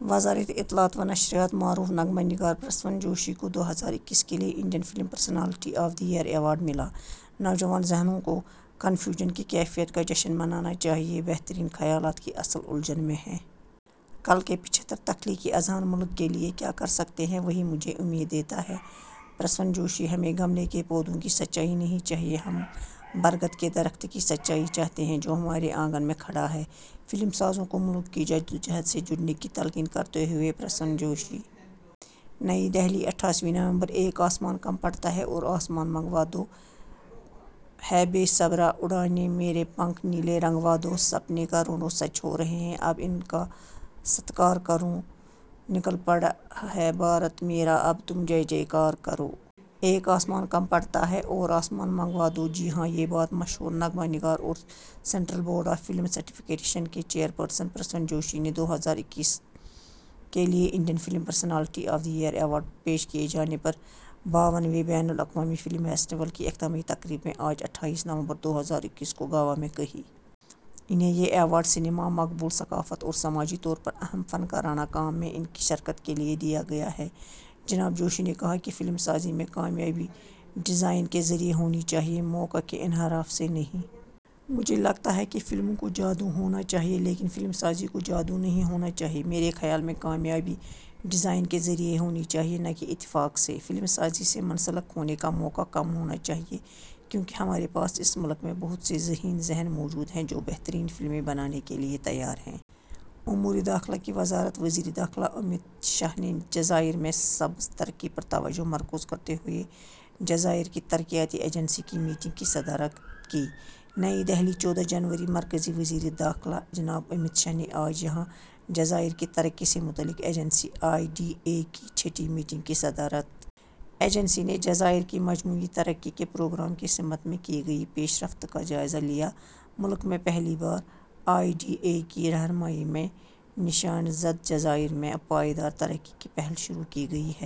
وزارت اطلاعات و نشریات معروف نغمہ نگار پرسون جوشی کو دو ہزار اکیس کے لیے Indian film personality of the year award ملا۔ ''نوجوان ذہنوں کو کنفیوژن کی کیفیت کا جشن منانا چاہیے، بہترین خیالات کی اصل الجھن میں ہے۔'' کل کے پچھتر تخلیقی اذہان ملک کے لیے کیا کر سکتے ہیں، وہی مجھے امید دیتا ہے: پرسون جوشی۔ ہمیں گملے کے پودوں کی سچائی نہیں چاہیے، ہم برگد کے درخت کی سچائی چاہتے ہیں جو ہمارے آنگن میں کھڑا ہے: فلم سازوں کو ملک کی جدوجہد سے جڑنے کی تلقین کرتے ہوئے پرسون جوشی۔ نئی دہلی، اٹھائیس نومبر: ''ایک آسمان کم پڑتا ہے، اور آسمان منگوا دو۔ ہے بے صبرا اُڑانے، میرے پنکھ نیلے رنگوا دو۔ سپنے کروڑوں سچ ہو رہے ہیں، اب ان کا ستکار کرو، نکل پڑا ہے بھارت میرا، اب تم جے جے کار کرو۔'' ''ایک آسمان کم پڑتا ہے اور آسمان منگوا دو۔'' جی ہاں، یہ بات مشہور نغمہ نگار اور central board of film certification کے چیئرپرسن پرسون جوشی نے دو ہزار اکیس کے لیے Indian film personality of the year award پیش کیے جانے پر باون ویں بین الاقوامی فلم فیسٹیول کی اختتامی تقریب میں آج اٹھائیس نومبر دو ہزار اکیس کو گوا میں کہی۔ انہیں یہ ایوارڈ سینما، مقبول ثقافت اور سماجی طور پر اہم فنکارانہ کام میں ان کی شرکت کے لیے دیا گیا ہے۔ جناب جوشی نے کہا کہ فلم سازی میں کامیابی ڈیزائن کے ذریعے ہونی چاہیے، موقع کے انحراف سے نہیں۔ ''مجھے لگتا ہے کہ فلموں کو جادو ہونا چاہیے، لیکن فلم سازی کو جادو نہیں ہونا چاہیے۔ میرے خیال میں کامیابی ڈیزائن کے ذریعے ہونی چاہیے نہ کہ اتفاق سے۔ فلم سازی سے منسلک ہونے کا موقع کم ہونا چاہیے، کیونکہ ہمارے پاس اس ملک میں بہت سے ذہین ذہن موجود ہیں جو بہترین فلمیں بنانے کے لیے تیار ہیں۔'' امورِ داخلہ کی وزارت وزیرِ داخلہ امت شاہ نے جزائر میں سبز ترقی پر توجہ مرکوز کرتے ہوئے جزائر کی ترقیاتی ایجنسی کی میٹنگ کی صدارت کی۔ نئی دہلی، چودہ جنوری: مرکزی وزیرِ داخلہ جناب امت شاہ نے آج یہاں جزائر کی ترقی سے متعلق ایجنسی، آئی ڈی اے، کی چھٹی میٹنگ کی صدارت کی۔ ایجنسی نے جزائر کی مجموعی ترقی کے پروگرام کی سمت میں کی گئی پیش رفت کا جائزہ لیا۔ ملک میں پہلی بار آئی ڈی اے کی رہنمائی میں نشان زد جزائر میں پائیدار ترقی کی پہل شروع کی گئی ہے۔